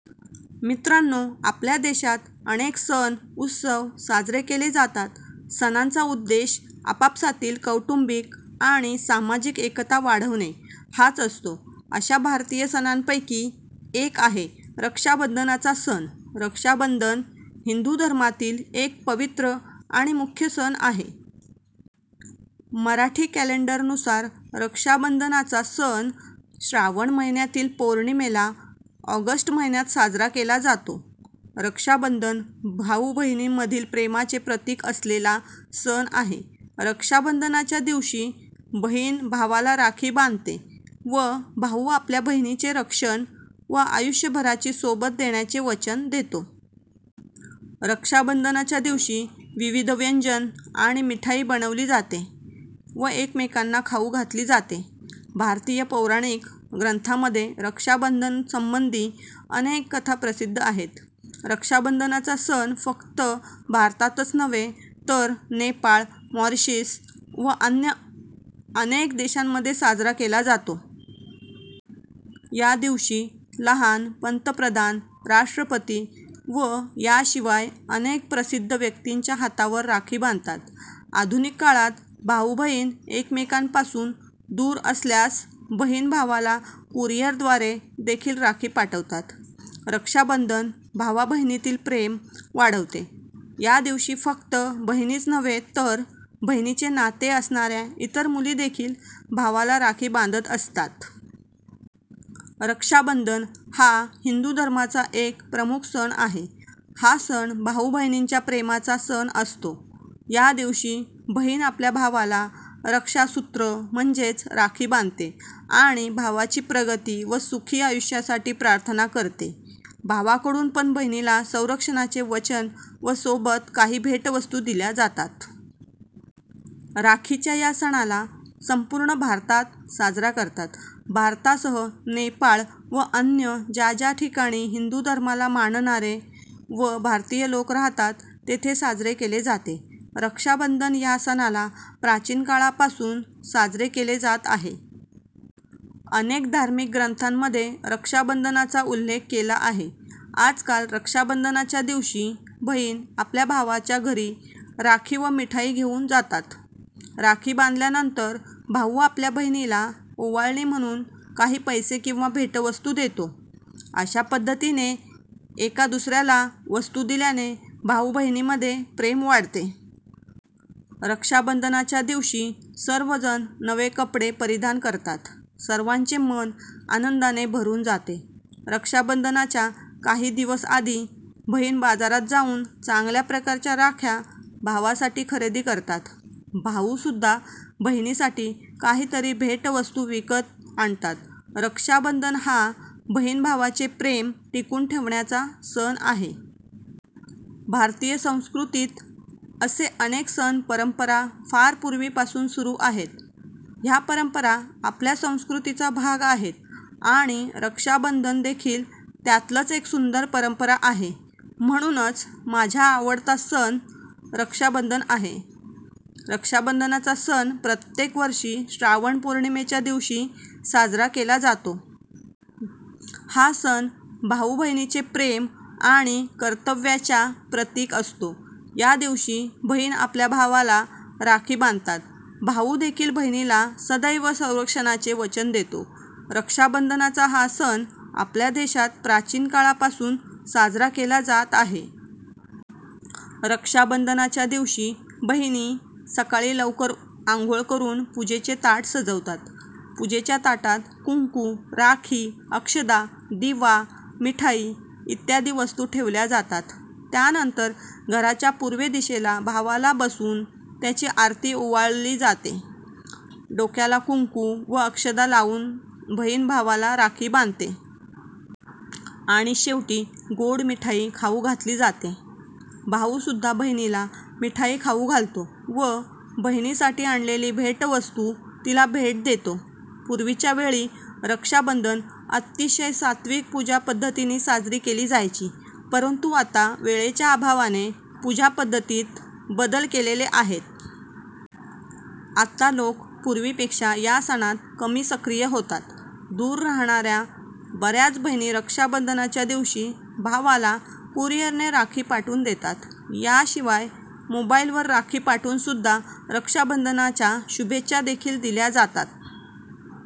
मित्रांनो आपल्या देशात अनेक सण उत्सव साजरे केले जातात. सणांचा उद्देश आपापसातील कौटुंबिक आणि सामाजिक एकता वाढवणे हाच असतो. अश्याच भारतीय सणांपैकी एक आहे रक्षाबंधनाचा सण. रक्षाबंधन हिंदू धर्मातील एक पवित्र आणि प्रमुख सण आहे. मराठी कॅलेंडर नुसार रक्षाबंधनाच्या सण श्रावण महिन्यातील पौर्णिमेला, ऑगस्ट महिन्यात साजरा केला जातो. रक्षाबंधन भाऊ बहिणींमधील प्रेमाचे प्रतिक असलेला सण आहे. रक्षाबंधनाच्या दिवशी बहिण भावाला राखी बांधते. व भाऊ आपल्या बहिणीचे रक्षण व आयुष्यभराची सोबत देण्याचे वचन देतो. रक्षाबंधनाच्या दिवशी विविध व्यंजन आणि मिठाई बनवली जाते व एकामेकांना खाऊ घातली जाते. भारतीय पौराणिक ग्रंथांमध्ये रक्षाबंधन संबंधी अनेक कथा प्रसिद्ध आहेत. रक्षाबंधनाचा सण फक्त भारतातच नव्हे तर नेपाळ, मॉरिशस व अन्य अनेक देशांमध्ये साजरा केला जातो. या दिवशी लहान पंतप्रधान, राष्ट्रपती व याशिवाय अनेक प्रसिद्ध व्यक्तींच्या हातावर राखी बांधतात. आधुनिक काळात भाऊ-बहीण एकमेकांपासून दूर असल्यास बहिणी भावाला कुरिअरद्वारे देखील राखी पाठवतात. रक्षाबंधन भावाबहिनीतील प्रेम वाढवते. या दिवशी फक्त बहिणीच नव्हे तर बहिणीचे नाते असणाऱ्या इतर मुली देखील भावाला राखी बांधत असतात. रक्षाबंधन हा हिंदू धर्माचा एक प्रमुख सण आहे. हा सण भाऊ बहिणीच्या प्रेमाचा सण असतो. या दिवशी बहीण आपल्या भावाला रक्षासुत्र, म्हणजेच राखी बांधते आणि भावाची प्रगती व सुखी आयुष्यासाठी प्रार्थना करते. भावाकडून पण बहिणीला संरक्षणाचे वचन व सोबत काही भेटवस्तू दिल्या जातात. राखीच्या या सणाला संपूर्ण भारतात साजरा करतात. भारतासह नेपाळ व अन्य ज्या ज्या ठिकाणी हिंदू धर्माला मानणारे व भारतीय लोक राहतात तेथे साजरे केले जाते. रक्षाबंधन या सणाला प्राचीन काळापासून साजरे केले जात आहे. अनेक धार्मिक ग्रंथांमध्ये रक्षाबंधनाचाउल्लेख केला आहे. आजकाल रक्षाबंधनच्या दिवशी बहिणी आपल्या भावाच्या घरी राखी व मिठाई घेऊन जातात. राखी बांधल्या नंतर भाऊ आपल्या बहिणीला ओवाळणी म्हणून काही पैसे किंवा भेटवस्तू देतो. अश्या पद्धतीने एक दुसऱ्याला वस्तू दिल्याने भाऊ बहिणी मध्ये प्रेम वाढते. रक्षाबंधनच्या दिवशी सर्वजण नवे कपडे परिधान करतात. सर्वांचे मन आनंदाने भरून जाते. रक्षाबंधनाच्या काही दिवस आधी बहिणी बाजारात जाऊन चांगल्या प्रकारच्या राख्या भावांसाठी खरेदी करतात. भाऊ सुद्धा बहिणीसाठी काहीतरी भेटवस्तू विकत आणतात. रक्षाबंधन हा बहीण भावाचे प्रेम टिकवून ठेवण्याचा सण आहे. भारतीय संस्कृतीत असे अनेक सण परंपरा फार पूर्वी पासून सुरु आहेत. ह्या परंपरा आपल्या संस्कृतीचा भाग आहेत आणि रक्षाबंधन देखील त्यातीलच एक सुंदर परंपरा आहे. म्हणूनच माझा आवडता सण रक्षाबंधन आहे. रक्षाबंधनाचा सण प्रत्येक वर्षी श्रावण पौर्णिमेच्या दिवशी साजरा केला जातो. हा सण भाऊ-बहिणीचे प्रेम आणि कर्तव्याच्या प्रतीक असतो. या दिवशी बहिणी आपल्या भावांना राखी बांधतात. भाऊ देखील बहिणीला सदैव संरक्षणाचे वचन देतो. रक्षाबंधनाचा हा सण आपल्या देशात प्राचीन काळापासून साजरा केला जात आहे. रक्षाबंधनाच्या दिवशी बहिणी सकाळी लवकर अंघोळ करून पूजेचे ताट सजवतात, पूजेच्या ताटात कुंकू, राखी, अक्षदा, दिवा, मिठाई इत्यादी वस्तू ठेवल्या जातात. त्यानंतर घराच्या पूर्व दिशेला भावाला बसवून त्याची आरती ओवाळली जाते, डोक्याला कुंकू व अक्षदा लाऊन बहीण भावाला राखी बांधते. आणि शेवटी गोड मिठाई खाऊ घातली जाते. भाऊ सुद्धा बहिणीला मिठाई खाऊ घालतो व बहिणीसाठी आणलेले भेटवस्तू तिला भेट देतो. पूर्वीच्या वेळी रक्षाबंधन अतिशय सात्विक पूजा पद्धतीने साजरी केली जायची. परंतु आता वेळेच्या अभावाने पूजा पद्धतीत बदल केलेले आहेत. आता लोक पूर्वीपेक्षा या सणात कमी सक्रिय होतात. दूर राहणाऱ्या बऱ्याच बहिणी रक्षाबंधनच्या दिवशी भावाला कुरियरने राखी पाठवून देतात. याशिवाय मोबाईल वर राखी पाठवून सुद्धा रक्षाबंधनच्या शुभेच्छा देखील दिल्या जातात.